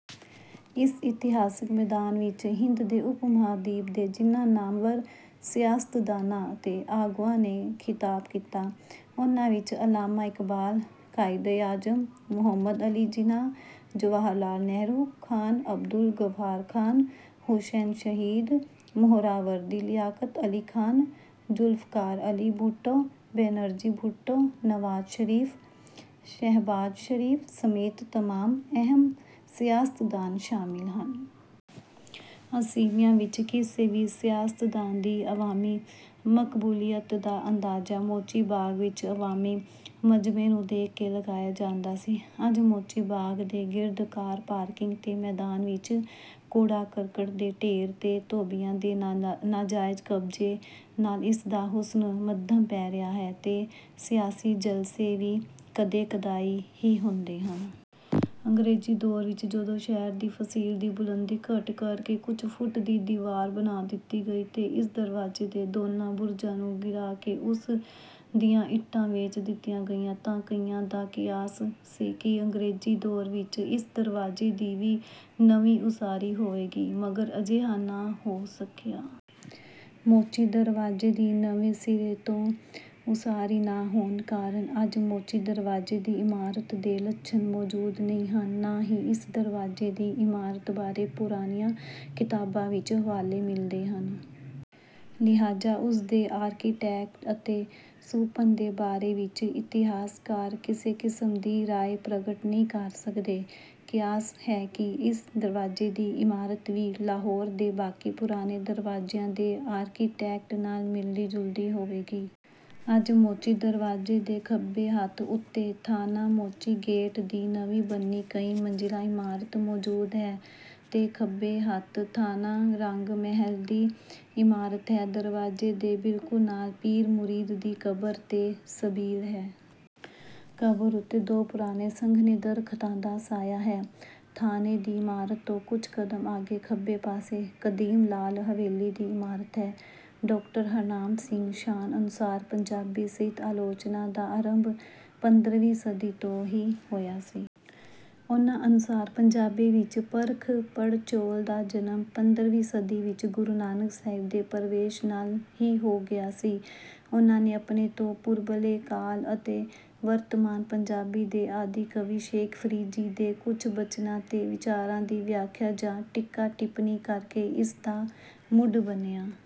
ਇਸ ਇਤਿਹਾਸਕ ਮੈਦਾਨ ਵਿੱਚ ਹਿੰਦ ਦੇ ਉਪ-ਮਹਾਂਦੀਪ ਦੇ ਜਿਨ੍ਹਾਂ ਨਾਮਵਰ ਸਿਆਸਤਦਾਨਾਂ ਅਤੇ ਆਗੂਆਂ ਨੇ ਖ਼ਿਤਾਬ ਕੀਤਾ, ਉਨ੍ਹਾਂ ਵਿੱਚ ਅੱਲਾਮਾ ਇਕਬਾਲ, ਕ਼ਾਇਦੇ ਆਜ਼ਮ ਮੁਹੰਮਦ ਅਲੀ ਜਿਨਾਹ, ਜਵਾਹਰ ਲਾਲ ਨਹਿਰੂ, ਖ਼ਾਨ ਅਬਦੁਲ ਗ਼ੱਫ਼ਾਰ ਖ਼ਾਨ, ਹੁਸੈਨ ਸ਼ਹੀਦ ਮੁਹਰਾਵਰਦੀ, ਲਿਆਕਤ ਅਲੀ ਖ਼ਾਨ, ਜ਼ੁਲਫ਼ਕਾਰ ਅਲੀ ਭੁੱਟੋ, ਬੇਨਜ਼ੀਰ ਭੁੱਟੋ, ਨਵਾਜ਼ ਸ਼ਰੀਫ਼, ਸ਼ਹਿਬਾਜ਼ ਸ਼ਰੀਫ਼ ਸਮੇਤ ਤਮਾਮ ਅਹਿਮ ਸਿਆਸਤਦਾਨ ਸ਼ਾਮਿਲ ਹਨ। ਅੱਸੀਵਿਆਂ ਵਿੱਚ ਕਿਸੇ ਵੀ ਸਿਆਸਤਦਾਨ ਦੀ ਅਵਾਮੀ ਮਕਬੂਲੀਅਤ ਦਾ ਅੰਦਾਜ਼ਾ ਮੋਚੀ ਬਾਗ਼ ਵਿੱਚ ਅਵਾਮੀ ਮਜਮੇ ਨੂੰ ਦੇਖ ਕੇ ਲਗਾਇਆ ਜਾਂਦਾ ਸੀ। ਅੱਜ ਮੋਚੀ ਬਾਗ਼ ਦੇ ਗਿਰਦ ਕਾਰ ਪਾਰਕਿੰਗ ਅਤੇ ਮੈਦਾਨ ਵਿੱਚ ਕੂੜਾ-ਕਰਕਟ ਦੇ ਢੇਰ ਅਤੇ ਧੋਬੀਆਂ ਦੇ ਨਾਜ਼ਾਇਜ਼ ਕਬਜ਼ੇ ਨਾਲ ਇਸ ਦਾ ਹੁਸਨ ਮੱਧਮ ਪੈ ਰਿਹਾ ਹੈ ਅਤੇ ਸਿਆਸੀ ਜਲਸੇ ਵੀ ਕਦੇ-ਕਦਾਈਂ ਹੀ ਹੁੰਦੇ ਹਨ। ਅੰਗਰੇਜ਼ੀ ਦੌਰ ਵਿੱਚ ਜਦੋਂ ਸ਼ਹਿਰ ਦੀ ਫ਼ਸੀਲ ਦੀ ਬੁਲੰਦੀ ਘੱਟ ਕਰ ਕੇ ਕੁਝ ਫੁੱਟ ਦੀ ਦੀਵਾਰ ਬਣਾ ਦਿੱਤੀ ਗਈ ਅਤੇ ਇਸ ਦਰਵਾਜ਼ੇ ਦੇ ਦੋਨਾਂ ਬੁਰਜਾਂ ਨੂੰ ਗਿਰਾ ਕੇ ਉਸ ਦੀਆਂ ਇੱਟਾਂ ਵੇਚ ਦਿੱਤੀਆਂ ਗਈਆਂ, ਤਾਂ ਕਈਆਂ ਦਾ ਕਿਆਸ ਸੀ ਕਿ ਅੰਗਰੇਜ਼ੀ ਦੌਰ ਵਿੱਚ ਇਸ ਦਰਵਾਜ਼ੇ ਦੀ ਵੀ ਨਵੀਂ ਉਸਾਰੀ ਹੋਵੇਗੀ, ਮਗਰ ਅਜਿਹਾ ਨਾ ਹੋ ਸਕਿਆ। ਮੋਚੀ ਦਰਵਾਜ਼ੇ ਦੀ ਨਵੇਂ ਸਿਰੇ ਤੋਂ ਉਸਾਰੀ ਨਾ ਹੋਣ ਕਾਰਨ ਅੱਜ ਮੋਚੀ ਦਰਵਾਜ਼ੇ ਦੀ ਇਮਾਰਤ ਦੇ ਲੱਛਣ ਮੌਜੂਦ ਨਹੀਂ ਹਨ, ਨਾ ਹੀ ਇਸ ਦਰਵਾਜ਼ੇ ਦੀ ਇਮਾਰਤ ਬਾਰੇ ਪੁਰਾਣੀਆਂ ਕਿਤਾਬਾਂ ਵਿੱਚ ਹਵਾਲੇ ਮਿਲਦੇ ਹਨ। ਲਿਹਾਜ਼ਾ ਉਸ ਦੇ ਆਰਕੀਟੈਕਟ ਅਤੇ ਸੁਹੱਪਣ ਦੇ ਬਾਰੇ ਵਿੱਚ ਇਤਿਹਾਸਕਾਰ ਕਿਸੇ ਕਿਸਮ ਦੀ ਰਾਏ ਪ੍ਰਗਟ ਨਹੀਂ ਕਰ ਸਕਦੇ। ਕਿਆਸ ਹੈ ਕਿ ਇਸ ਦਰਵਾਜ਼ੇ ਦੀ ਇਮਾਰਤ ਵੀ ਲਾਹੌਰ ਦੇ ਬਾਕੀ ਪੁਰਾਣੇ ਦਰਵਾਜ਼ਿਆਂ ਦੇ ਆਰਕੀਟੈਕਟ ਨਾਲ ਮਿਲਦੀ-ਜੁਲਦੀ ਹੋਵੇਗੀ। ਅੱਜ ਮੋਚੀ ਦਰਵਾਜ਼ੇ ਦੇ ਖੱਬੇ ਹੱਥ ਉੱਤੇ ਥਾਣਾ ਮੋਚੀ ਗੇਟ ਦੀ ਨਵੀਂ ਬਣੀ ਕਈ-ਮੰਜ਼ਿਲਾ ਇਮਾਰਤ ਮੌਜੂਦ ਹੈ ਅਤੇ ਖੱਬੇ ਹੱਥ ਥਾਣਾ ਰੰਗ-ਮਹਲ ਦੀ ਇਮਾਰਤ ਹੈ। ਦਰਵਾਜ਼ੇ ਦੇ ਬਿਲਕੁਲ ਨਾਲ ਪੀਰ ਮੁਰੀਦ ਦੀ ਕਬਰ ਅਤੇ ਸਬੀਲ ਹੈ। ਕਬਰ ਉੱਤੇ ਦੋ ਪੁਰਾਣੇ ਸੰਘਣੇ ਦਰਖਤਾਂ ਦਾ ਸਾਇਆ ਹੈ। ਥਾਣੇ ਦੀ ਇਮਾਰਤ ਤੋਂ ਕੁਝ ਕ਼ਦਮ ਅੱਗੇ ਖੱਬੇ ਪਾਸੇ ਕਦੀਮ ਲਾਲ ਹਵੇਲੀ ਦੀ ਇਮਾਰਤ ਹੈ। ਡਾਕਟਰ ਹਰਨਾਮ ਸਿੰਘ ਸ਼ਾਨ ਅਨੁਸਾਰ ਪੰਜਾਬੀ ਸਾਹਿਤ-ਆਲੋਚਨਾ ਦਾ ਆਰੰਭ ਪੰਦਰਵੀਂ ਸਦੀ ਤੋਂ ਹੀ ਹੋਇਆ ਸੀ। ਉਨ੍ਹਾਂ ਅਨੁਸਾਰ ਪੰਜਾਬੀ ਵਿੱਚ ਪਰਖ-ਪੜਚੋਲ ਦਾ ਜਨਮ, ਪੰਦਰਵੀਂ ਸਦੀ ਵਿੱਚ ਗੁਰੂ ਨਾਨਕ ਸਾਹਿਬ ਦੇ ਪ੍ਰਵੇਸ਼ ਨਾਲ ਹੀ ਹੋ ਗਿਆ ਸੀ। ਉਨ੍ਹਾਂ ਨੇ ਆਪਣੇ ਤੋਂ ਪੂਰਬਲੇ ਕਾਲ ਅਤੇ ਵਰਤਮਾਨ ਪੰਜਾਬੀ ਦੇ ਆਦਿ ਕਵੀ ਸ਼ੇਖ ਫਰੀਦ ਜੀ ਦੇ ਕੁਝ ਬਚਨਾਂ ਤੇ ਵਿਚਾਰਾਂ ਦੀ ਵਿਆਖਿਆ ਜਾਂ ਟੀਕਾ-ਟਿੱਪਣੀ ਕਰਕੇ ਇਸ ਦਾ ਮੁੱਢ ਬੰਨ੍ਹਿਆ।